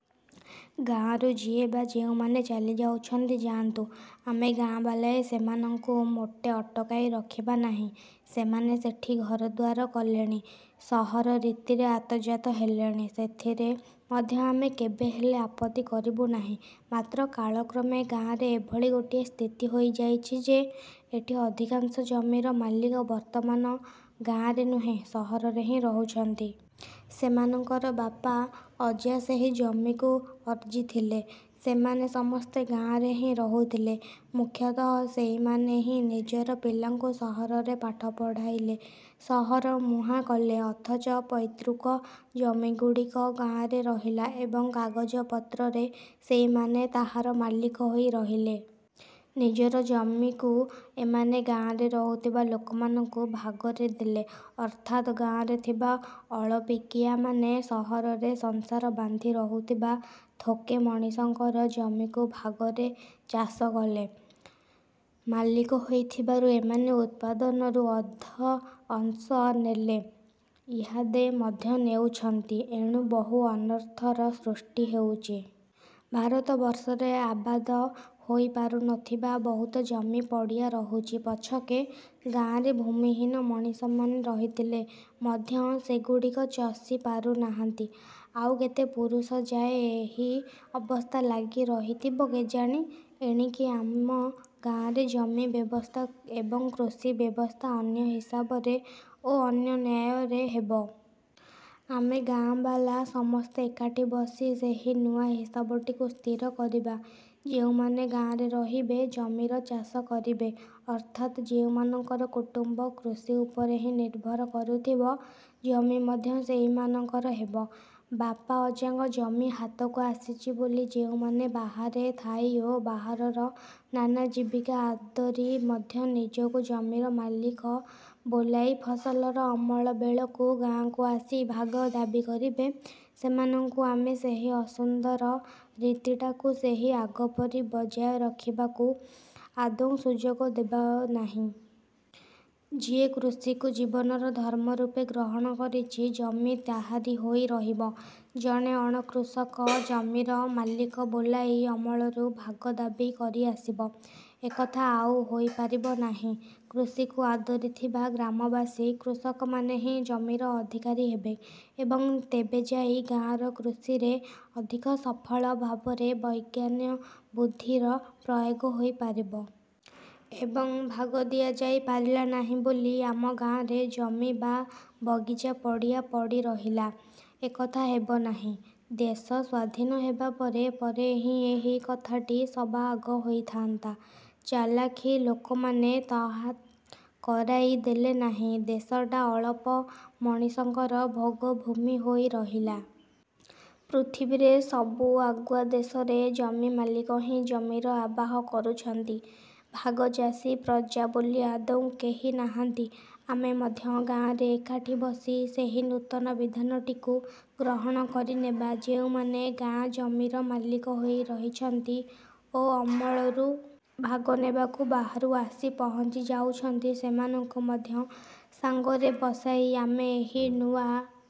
ଗାଆଁରୁ ଯିଏ ବା ଯେଉଁମାନେ ଚାଲି ଯାଉଛନ୍ତି ଯାଆନ୍ତୁ। ଆମେ ଗାଆଁବାଲାଏ ସେମାନଙ୍କୁ ମୋଟେ ଅଟକାଇ ରଖିବା ନାହିଁ। ସେମାନେ ସେଠି ଘରଦୁଆର କଲେଣି, ସହର ରୀତିରେ ଆତଯାତ ହେଲେଣି। ସେଥିରେ ମଧ୍ୟ ଆମେ କେବେହେଲେ, ଆପତ୍ତି କରିବୁ ନାହିଁ। ମାତ୍ର କାଳକ୍ରମେ ଗାଆଁରେ ଏଭଳି ଗୋଟିଏ ସ୍ଥିତି ହୋଇଯାଇଛି ଯେ, ଏଠି ଅଧିକାଂଶ ଜମିର ମାଲିକ ବର୍ତ୍ତମାନ ଗାଆଁରେ ନୁହେଁ, ସହରରେ ହିଁ ରହୁଛନ୍ତି। ସେମାନଙ୍କର ବାପା ଅଜା ସେହି ଜମିକୁ ଅର୍ଜିଥିଲେ; ସେମାନେ ସମସ୍ତେ ଗାଆଁରେ ହିଁ ରହୁଥିଲେ। ମୁଖ୍ୟତଃ ସେଇମାନେ ହିଁ ନିଜର ପିଲାଙ୍କୁ ସହରରେ ପାଠ ପଢ଼ାଇଲେ, ସହରମୁହାଁ କଲେ। ଅଥଚ ପୈତୃକ ଜମିଗୁଡ଼ିକ ଗାଆଁରେ ରହିଲା ଏବଂ କାଗଜପତ୍ରରେ ସେଇମାନେ ତାହାର ମାଲିକ ହୋଇ ରହିଲେ। ନିଜର ଜମିକୁ ଏମାନେ ଗାଆଁରେ ରହୁଥିବା ଲୋକମାନଙ୍କୁ ଭାଗରେ ଦେଲେ। ଅର୍ଥାତ୍, ଗାଆଁରେ ଥିବା ଅଳପିକିଆମାନେ ସହରରେ ସଂସାର ବାନ୍ଧି ରହୁଥିବା ଥୋକେ ମଣିଷଙ୍କର ଜମିକୁ ଭାଗରେ ଚାଷ କଲେ। ମାଲିକ ହୋଇଥିବାରୁ ଏମାନେ ଉତ୍ପାଦନରୁ ମଧ୍ୟ ଅଂଶ ନେଲେ,- ଇହାଦେ ମଧ୍ୟ ନେଉଛନ୍ତି। ଏଣୁ ବହୁ ଅନର୍ଥର ସୃଷ୍ଟି ହେଉଛି। ଭାରତବର୍ଷରେ ଆବାଦ ହୋଇ ପାରୁନଥିବା ବହୁତ ଜମି ପଡ଼ିଆ ରହୁଛି ପଛକେ, ଗାଆଁରେ ଭୂମିହୀନ ମଣିଷମାନେ ରହିଥିଲେ ମଧ୍ୟ ସେଗୁଡ଼ିକ ଚଷି ପାରୁନାହାନ୍ତି। ଆଉ କେତେ ପୁରୁଷଯାଏ ଏହି ଅବସ୍ଥା ଲାଗି ରହିଥିବ କେଜାଣି? ଏଣିକି ଆମ ଗାଆଁରେ ଜମି ବ୍ୟବସ୍ଥା ଏବଂ କୃଷି ବ୍ୟବସ୍ଥା ଅନ୍ୟ ହିସାବରେ ଓ ଅନ୍ୟ ନ୍ୟାୟରେ ହେବ। ଆମେ ଗାଆଁବାଲା ସମସ୍ତେ ଏକାଠି ବସି ସେହି ନୂଆ ହିସାବଟିକୁ ସ୍ଥିର କରିବା-। ଯେଉଁମାନେ ଗାଆଁରେ ରହିବେ, ଜମିର ଚାଷ କରିବେ, ଅର୍ଥାତ୍ ଯେଉଁମାନଙ୍କର କୁଟୁମ୍ବ କୃଷି ଉପରେ ହିଁ ନିର୍ଭର କରୁଥିବ, ଜମି ମଧ୍ୟ ସେହିମାନଙ୍କର ହେବ। ବାପା ଅଜାଙ୍କ ଜମି ହାତକୁ ଆସିଛି ବୋଲି ଯେଉଁମାନେ ବାହାରେ ଥାଇ ଓ ବାହାରର ନାନା ଜୀବିକା ଆଦରି ମଧ୍ୟ ନିଜକୁ ଜମିର ମାଲିକ ବୋଲାଇ ଫସଲର ଅମଳ ବେଳକୁ ଗାଆଁକୁ ଆସି ଭାଗ ଦାବି କରିବେ, ସେମାନଙ୍କୁ ଆମେ ସେହି ଅସୁନ୍ଦର ରୀତିଟାକୁ ସେହି ଆଗପରି ବଜାୟ ରଖିବାକୁ ଆଦୌ ସୁଯୋଗ ଦେବୁ ନାହିଁ। ଯିଏ କୃଷିକୁ ଜୀବନର ଧର୍ମ ରୂପେ ଗ୍ରହଣ କରିଛି, ଜମି ତାହାରି ହୋଇ ରହିବ। ଜଣେ ଅଣକୃଷକ ଜମିର ମାଲିକ ବୋଲାଇ ଅମଳରୁ ଭାଗ ଦାବି କରିଆସିବ, ଏକଥା ଆଉ ହୋଇପାରିବ ନାହିଁ। କୃଷିକୁ ଆଦରି ଥିବା ଗ୍ରାମବାସୀ କୃଷକମାନେ ହିଁ ଜମିର ଅଧିକାରୀ ହେବେ ଏବଂ ତେବେଯାଇ ଗାଁର କୃଷିରେ ଅଧିକ ସଫଳ ଭାବରେ ବିଜ୍ଞାନବୁଦ୍ଧିର ପ୍ରୟୋଗ ହୋଇପାରିବ,। ଏବଂ ଭାଗ ଦିଆଯାଇ ପାରିଲା ନାହିଁ ବୋଲି ଆମ ଗାଆଁରେ ଜମି ବା ବଗିଚା ପଡ଼ିଆ ପଡ଼ି ରହିଲା, ଏକଥା ହେବନାହିଁ। ଦେଶ ସ୍ଵାଧୀନ ହେବା ପରେ ପରେ ହିଁ ଏହି କଥାଟି ସବାଆଗ ହୋଇଥାଆନ୍ତା। ଚଲାଖି ଲୋକମାନେ ତାହା କରାଇ ଦେଲେନାହିଁ। ଦେଶଟା ଅଳପ ମଣିଷଙ୍କର ଭୋଗଭୂମି ହୋଇ ରହିଲା। ପୃଥିବୀରେ, ସବୁ ଆଗୁଆ ଦେଶରେ ଜମିମାଲିକ ହିଁ ଜମିର ଆବାହ କରୁଛନ୍ତି- ଭାଗଚାଷୀ ପ୍ରଜା ବୋଲି ଆଦୌ କେହି ନାହାନ୍ତି। ଆମେ ମଧ୍ୟ ଗାଆଁରେ ଏକାଠି ବସି ସେହି ନୂତନ ବିଧାନଟିକୁ ଗ୍ରହଣ କରିନେବା। ଯେଉଁମାନେ ଗାଆଁ ଜମିର ମାଲିକ ହୋଇ ରହିଛନ୍ତି ଓ ଅମଳରୁ ଭାଗ ନେବାକୁ ବାହାରୁ ଆସି ପହଞ୍ଚି ଯାଉଛନ୍ତି, ସେମାନଙ୍କୁ ମଧ୍ୟ ସାଙ୍ଗରେ ବସାଇ ଆମେ ଏହି ନୂଆ